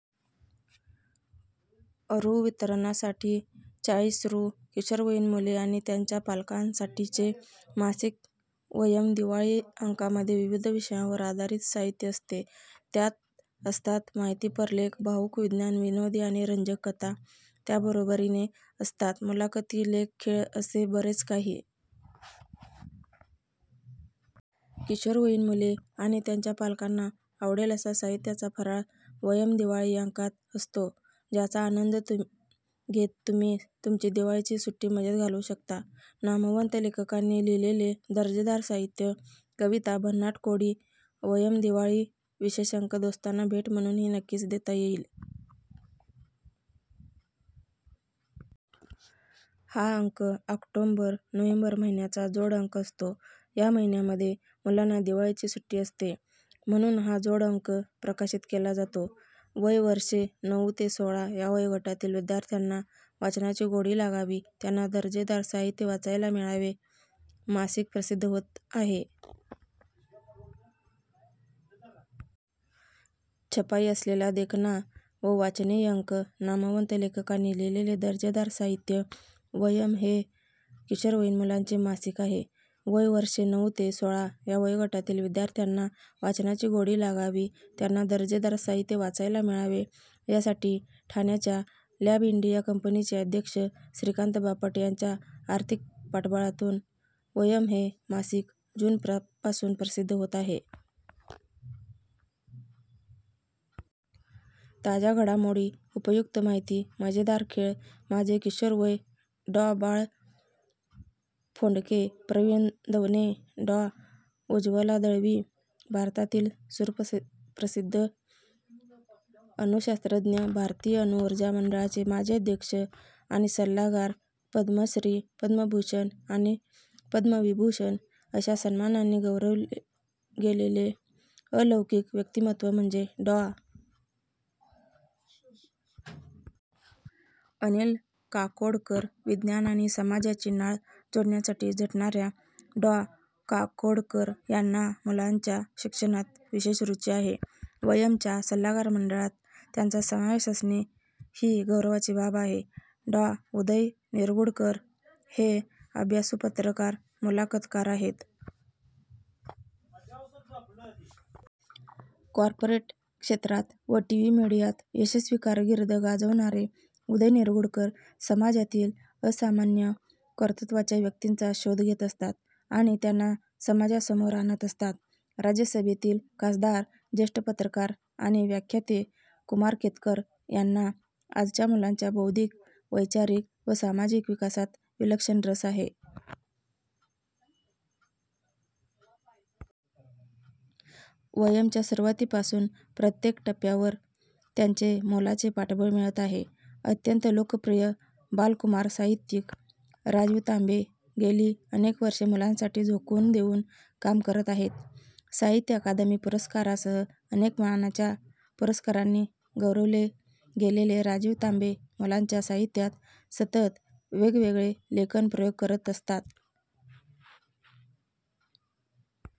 रु. वितरणासाठी चाळीस रु. किशोरवयीन मुले आणि त्यांच्या पालकांसाठीचे मासिक वयम दिवाळी अंकामध्ये विविध विषयांवर आधारित साहित्य असते. त्यात असतात माहितीपर लेख, भावूक, विज्ञान, विनोदी आणि रंजक कथा. त्याबरोबरीने असतात मुलाखती, लेख, खेळ असे बरेच काही. किशोरवयीन मुले आणि त्यांच्या पालकांना आवडेल असा साहित्याचा फराळ वयम दिवाळी अंकात असतो. ज्याचा आनंद घेत तुम्ही तुमची दिवाळीची सुट्टी मजेत घालवू शकता. नामवंत लेखकांनी लिहिलेले दर्जेदार साहित्य, कविता, भन्नाट कोडी, वयम दिवाळी विशेष अंक दोस्तांना भेट म्हणूनही नक्कीच देता येईल. हा अंक ऑक्टोबर-नोव्हेंबर महिन्याचा जोड अंक असतो. या महिन्यामध्ये मुलांना दिवाळीची सुट्टी असते. म्हणून हा जोड अंक प्रकाशित केला जातो. वय वर्षे नऊ ते सोळा या वयोगटातील विद्यार्थ्यांना वाचनाची गोडी लागावी, त्यांना दर्जेदार साहित्य वाचायला मिळावे, मासिक प्रसिद्ध होत आहे. छपाई असलेला देखणा व वाचनीय अंक नामवंत लेखकांनी लिहिलेले दर्जेदार साहित्य वयम हे किशोरवयीन मुलांचे मासिक आहे. वय वर्षे नऊ ते सोळा या वयोगटातील विद्यार्थ्यांना वाचनाची गोडी लागावी, त्यांना दर्जेदार साहित्य वाचायला मिळावे, यासाठी ठाण्याच्या लॅबइंडिया कंपनीचे अध्यक्ष श्रीकांत बापट यांच्या आर्थिक पाठबळातून वयम हे मासिक जून पासून प्रसिद्ध होत आहे. ताज्या घडामोडी, उपयुक्त माहिती मजेदार खेळ माझे किशोरवय डॉ. बाळ फोंडके प्रवीण दवणे डॉ. उज्ज्वला दळवी भारतातील सुप्रसिद्ध अणुशास्त्रज्ञ, भारतीय अणुऊर्जा मंडळाचे माजी अध्यक्ष आणि सल्लागार, पद्मश्री, पद्मभूषण आणि पद्मविभूषण अशा सन्मानांनी गौरवले गेलेले अलौकिक व्यक्तिमत्त्व म्हणजे डॉ. अनिल काकोडकर. विज्ञान आणि समाजाची नाळ जोडण्यासाठी झटणाऱ्या डॉ. काकोडकर यांना मुलांच्या शिक्षणात विशेष रुची आहे. वयम च्या सल्लागार मंडळात त्यांचा समावेश असणे, ही गौरवाची बाब आहे. डॉ. उदय निरगुडकर हे अभ्यासू पत्रकार, मुलाखतकार आहेत. कॉर्पोरेट क्षेत्रात व टीव्ही मिडियात यशस्वी कारकीर्द गाजवणारे उदय निरगुडकर समाजातील असामान्य कर्तृत्वाच्या व्यक्तींचा शोध घेत असतात आणि त्यांना समाजासमोर आणत असतात. राज्यसभेतील खासदार, ज्येष्ठ पत्रकार आणि व्याख्याते कुमार केतकर यांना आजच्या मुलांच्या बौद्धिक, वैचारिक व सामाजिक विकासात विलक्षण रस आहे. वयम् च्या सुरुवातीपासून प्रत्येक टप्प्यावर त्यांचे मोलाचे पाठबळ मिळत आहे. अत्यंत लोकप्रिय बाल-कुमार साहित्यिक राजीव तांबे गेली अनेक वर्षे मुलांसाठी झोकून देऊन काम करत आहेत. साहित्य अकादमी पुरस्कारासह अनेक मानाच्या पुरस्कारांनी गौरवले गेलेले राजीव तांबे मुलांच्या साहित्यात सतत वेगवेगळे लेखन-प्रयोग करत असतात.